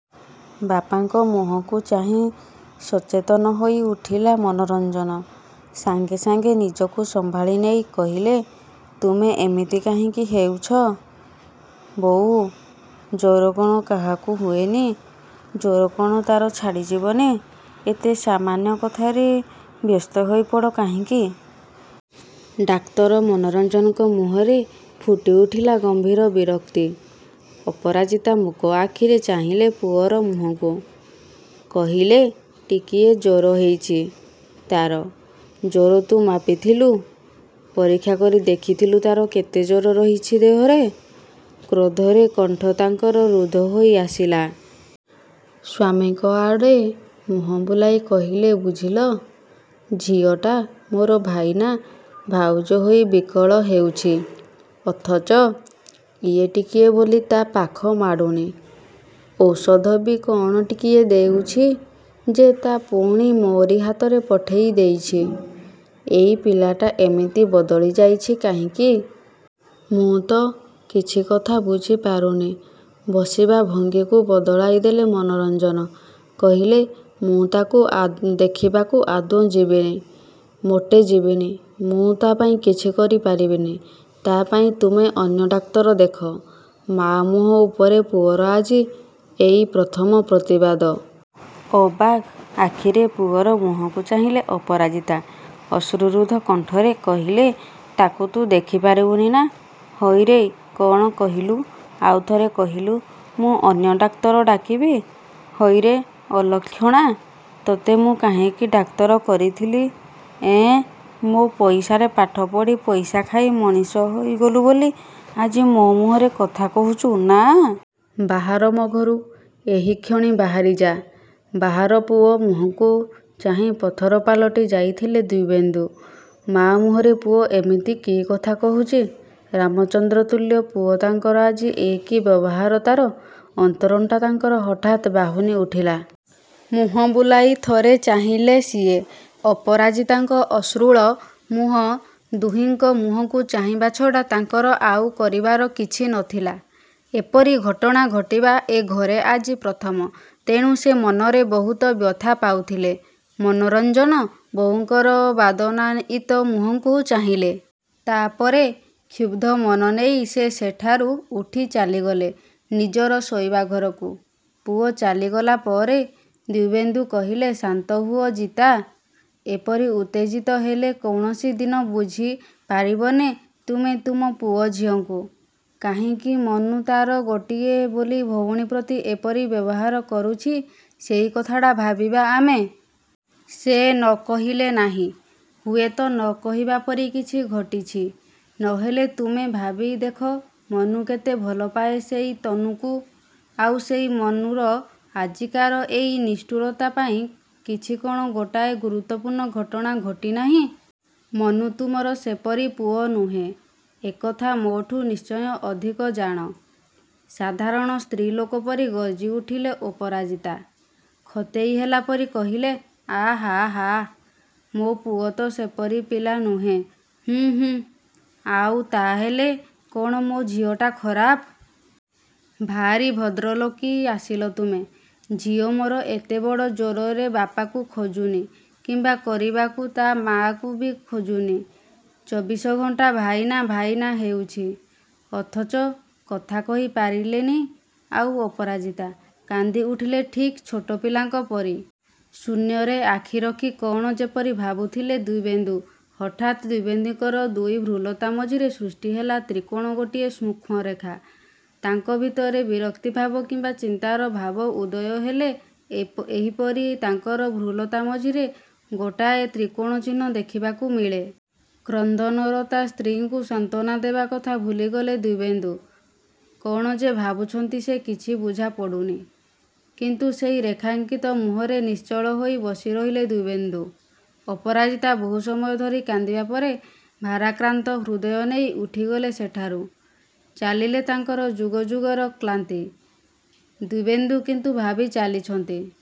ବାପାଙ୍କ ମୁହଁକୁ ଚାହିଁ ସଚେତନ ହୋଇ ଉଠିଲା ମନୋରଞ୍ଜନ। ସାଙ୍ଗେ ସାଙ୍ଗେ ନିଜକୁ ସମ୍ଭାଳି ନେଇ କହିଲେ ତୁମେ ଏମିତି କାହିଁକି ହୋଇଛ ବୋଉ? ଜ୍ୱର କ'ଣ କାହାକୁ ହୁଏନି? ଜ୍ୱର କ'ଣ ତା'ର ଛାଡ଼ି ଯିବନି। ଏତେ ସାମାନ୍ୟ କଥାରେ ବ୍ୟସ୍ତ ହୋଇ ପଡ଼ କାହିଁକି? ଡାକ୍ତର ମନୋରଞ୍ଜନଙ୍କ ମୁହଁରେ ଫୁଟି ଉଠିଲା ଗମ୍ଭୀର ବିରକ୍ତି। ଅପରାଜିତା ମୂକ ଆଖିରେ ଚାହିଁଲେ ପୁଅର ମୁହଁକୁ। କହିଲେ ଟିକିଏ ଜ୍ୱର ହୋଇଛି? ତା'ର। ଜ୍ୱର ତୁ ମାପିଥିଲୁ? ପରୀକ୍ଷା କରି ଦେଖିଥିଲୁ ତା'ର କେତେ ଜ୍ୱର ରହୁଛି ଦେହରେ। କ୍ରୋଧରେ କଣ୍ଠ ତାଙ୍କର ରୁଦ୍ଧ ହୋଇ ଆସିଲା। ସ୍ୱାମୀଙ୍କ ଆଡ଼େ ମୁହଁ ବୁଲାଇ କହିଲେ ବୁଝିଲ! ଝିଅଟା ମୋର ଭାଇନା, ଭାଉଜ ହୋଇ ବିକଳ ହେଉଛି, ଅଥଚ ଇଏ ଟିକିଏ ବୋଲି ତା' ପାଖ ମାଡ଼ୁନି। ଔଷଧ ବି କ'ଣ ଟିକିଏ ଦେଉଛି ଯେ ତା' ପୁଣି ମୋରି ହାତରେ ପଠାଇ ଦେଇଛି। ଏଇ ପିଲାଟା ଏମିତି ବଦଳି ଯାଇଛି କାହିଁକି? ମୁଁ ତ କିଛି କଥା ବୁଝି ପାରୁନି! ବସିବା ଭଙ୍ଗୀକୁ ବଦଳାଇ ଦେଲେ ମନୋରଞ୍ଜନ, କହିଲେ ମୁଁ ତାକୁ ଦେଖିବାକୁ ଆଦୌ ଯିବିନି, ମୋଟେ ଯିବିନି। ମୁଁ ତା' ପାଇଁ କିଛି କରି ପାରିବିନି। ତା' ପାଇଁ ତୁମେ ଅନ୍ୟ ଡାକ୍ତର ଦେଖ। ମାଆ ମୁହଁ ଉପରେ ପୁଅର ଆଜି ଏଇ ପ୍ରଥମ ପ୍ରତିବାଦ। ଅବାକ୍ ଆଖିରେ ପୁଅର ମୁହଁକୁ ଚାହିଁଲେ ଅପରାଜିତା। ଅଶ୍ରୁରୁଦ୍ଧ କଣ୍ଠରେ କହିଲେ ତାକୁ ତୁ ଦେଖି ପାରିବୁନି ନା, ହଇରେ କ'ଣ କହିଲୁ, ଆଉ ଥରେ କହିଲୁ। ମୁଁ ଅନ୍ୟ ଡାକ୍ତର ଡାକିବି। ହଇରେ ଅଲକ୍ଷଣା, ତତେ ମୁଁ କାହିଁକି ଡାକ୍ତର କରିଥିଲି। ଏଁ ମୋ ପଇସାରେ ପାଠ ପଢ଼ି, ପଇସା ଖାଇ ମଣିଷ ହୋଇଗଲୁ ବୋଲି, ଆଜି ମୋ ମୁହଁରେ କଥା କହୁଛୁ ନା? ବାହାର ମୋ ଘରୁ, ଏହିକ୍ଷଣି ବାହାରି ଯା। ବାହାର, ପୁଅ ମୁହଁକୁ ଚାହିଁ ପଥର ପାଲଟି ଯାଇଥିଲେ ଦିବ୍ୟେନ୍ଦୁ। ମାଆ ମୁହଁରେ ପୁଅ ଏମିତି କି କଥା କହୁଛି! ରାମଚନ୍ଦ୍ର ତୁଲ୍ୟ ପୁଅ ତାଙ୍କର ଆଜି ଏ କି ବ୍ୟବହାର ତା'ର! ଅନ୍ତରଟା ତାଙ୍କର ହଠାତ୍ ବାହୁନି ଉଠିଲା। ମୁହଁ ବୁଲାଇ ଥରେ ଚାହିଁଲେ ସିଏ, ଅପରାଜିତାଙ୍କ ଅଶ୍ରୁଳ ମୁହଁ। ଦୁହିଁଙ୍କ ମୁହଁକୁ ଚାହିଁବା ଛଡ଼ା ତାଙ୍କର ଆଉ କରିବାର କିଛି ନଥିଲା। ଏପରି ଘଟଣା ଘଟିବା ଏ ଘରେ ଆଜି ପ୍ରଥମ। ତେଣୁ ସେ ମନରେ ବହୁତ ବ୍ୟଥା ପାଉଥିଲେ। ମନୋରଞ୍ଜନ ବୋଉଙ୍କର ବାଦନାୟୀତ ମୁହଁକୁ ଚାହିଁଲେ। ତା' ପରେ କ୍ଷୁବ୍ଧ ମନ ନେଇ ସେ ସେଠାରୁ ଉଠି ଚାଲିଗଲେ ନିଜର ଶୋଇବା ଘରକୁ। ପୁଅ ଚାଲିଗଲା ପରେ ଦିବ୍ୟେନ୍ଦୁ କହିଲେ ଶାନ୍ତ ହୁଅ ଜିତା, ଏପରି ଉତ୍ତେଜିତ ହେଲେ କୌଣସି ଦିନ ବୁଝି ପାରିବନି ତୁମେ ତୁମ ପୁଅ ଝିଅଙ୍କୁ। କାହିଁକି ମନୁ ତା'ର ଗୋଟିଏ ବୋଲି ଭଉଣୀ ପ୍ରତି ଏପରି ବ୍ୟବହାର କରୁଛି ସେଇ କଥାଟା ଭାବିବା ଆମେ। ସେ ନ କହିଲେ ନାହିଁ। ହୁଏତ ନ କହିବା ପରି କିଛି ଘଟିଛି ନହେଲେ ତୁମେ ଭାବି ଦେଖ ମନୁ କେତେ ଭଲ ପାଏ ସେଇ ତନୁକୁ। ଆଉ ସେଇ ମନୁର ଆଜିକାର ଏଇ ନିଷ୍ଠୁରତା ପାଇଁ କିଛି କ'ଣ ଗୋଟାଏ ଗୁରୁତ୍ୱପୂର୍ଣ୍ଣ ଘଟଣା ଘଟି ନାହିଁ! ମନୁ ତୁମର ସେପରି ପୁଅ ନୁହେଁ, ଏକଥା ମୋଠୁ ନିଶ୍ଚୟ ଅଧିକ ଜାଣ। ସାଧାରଣ ସ୍ତ୍ରୀଲୋକ ପରି ଗର୍ଜି ଉଠିଲେ ଅପରାଜିତା। ଖତେଇ ହେଲା ପରି କହିଲେ ଆହା ହା ହା, ମୋ ପୁଅ ତ ସେପରି ପିଲା ନୁହେଁ। ହୁଁ ହୁଁ ଆଉ, ତାହେଲେ କ'ଣ ମୋ ଝିଅଟା ଖରାପ? ଭାରି ଭଦ୍ରଲୋକି ଆସିଲ ତୁମେ। ଝିଅ ମୋର ଏତେ ବଡ଼ ଜ୍ୱରରେ ବାପାକୁ ଖୋଜୁନି, କିମ୍ବା କରିବାକୁ ତା' ମାଆକୁ ବି ଖୋଜୁନି। ଚବିଶ ଘଣ୍ଟା ଭାଇନା, ଭାଇନା ହେଉଛି। ଅଥଚ କଥା କହି ପାରିଲେନି ଆଉ ଅପରାଜିତା। କାନ୍ଦି ଉଠିଲେ ଠିକ୍ ଛୋଟ ପିଲାଙ୍କ ପରି। ଶୂନ୍ୟରେ ଆଖି ରଖି କ'ଣ ଯେପରି ଭାବୁଥିଲେ ଦିବ୍ୟେନ୍ଦୁ। ହଠାତ୍ ଦିବ୍ୟେନ୍ଦୁଙ୍କର ଦୁଇ ଭ୍ରୂଲତା ମଝିରେ ସୃଷ୍ଟି ହେଲା ତ୍ରିକୋଣ ଗୋଟିଏ ସୂକ୍ଷ୍ମରେଖା। ତାଙ୍କ ଭିତରେ ବିରକ୍ତିଭାବ କିମ୍ବା ଚିନ୍ତାର ଭାବ ଉଦୟ ହେଲେ ଏପ ଏହିପରି ତାଙ୍କର ଭ୍ରୂଲତା ମଝିରେ ଗୋଟାଏ ତ୍ରିକୋଣ ଚିହ୍ନ ଦେଖିବାକୁ ମିଳେ। କ୍ରନ୍ଦନରତା ସ୍ତ୍ରୀଙ୍କୁ ସାନ୍ତ୍ୱନା ଦେବା କଥା ଭୁଲିଗଲେ ଦିବ୍ୟେନ୍ଦୁ। କ'ଣ ଯେ ଭାବୁଛନ୍ତି ସେ କିଛି ବୁଝା ପଡ଼ୁନି। କିନ୍ତୁ ସେହି ରେଖାଙ୍କିତ ମୁହଁରେ ନିଶ୍ଚଳ ହୋଇ ବସି ରହିଲେ ଦିବ୍ୟେନ୍ଦୁ। ଅପରାଜିତା ବହୁ ସମୟ ଧରି କାନ୍ଦିବା ପରେ ଭାରାକ୍ରାନ୍ତ ହୃଦୟ ନେଇ ଉଠିଗଲେ ସେଠାରୁ। ଚାଲିଲେ ତାଙ୍କର ଯୁଗଯୁଗର କ୍ଳାନ୍ତି। ଦିବ୍ୟେନ୍ଦୁ କିନ୍ତୁ ଭାବି ଚାଲିଛନ୍ତି।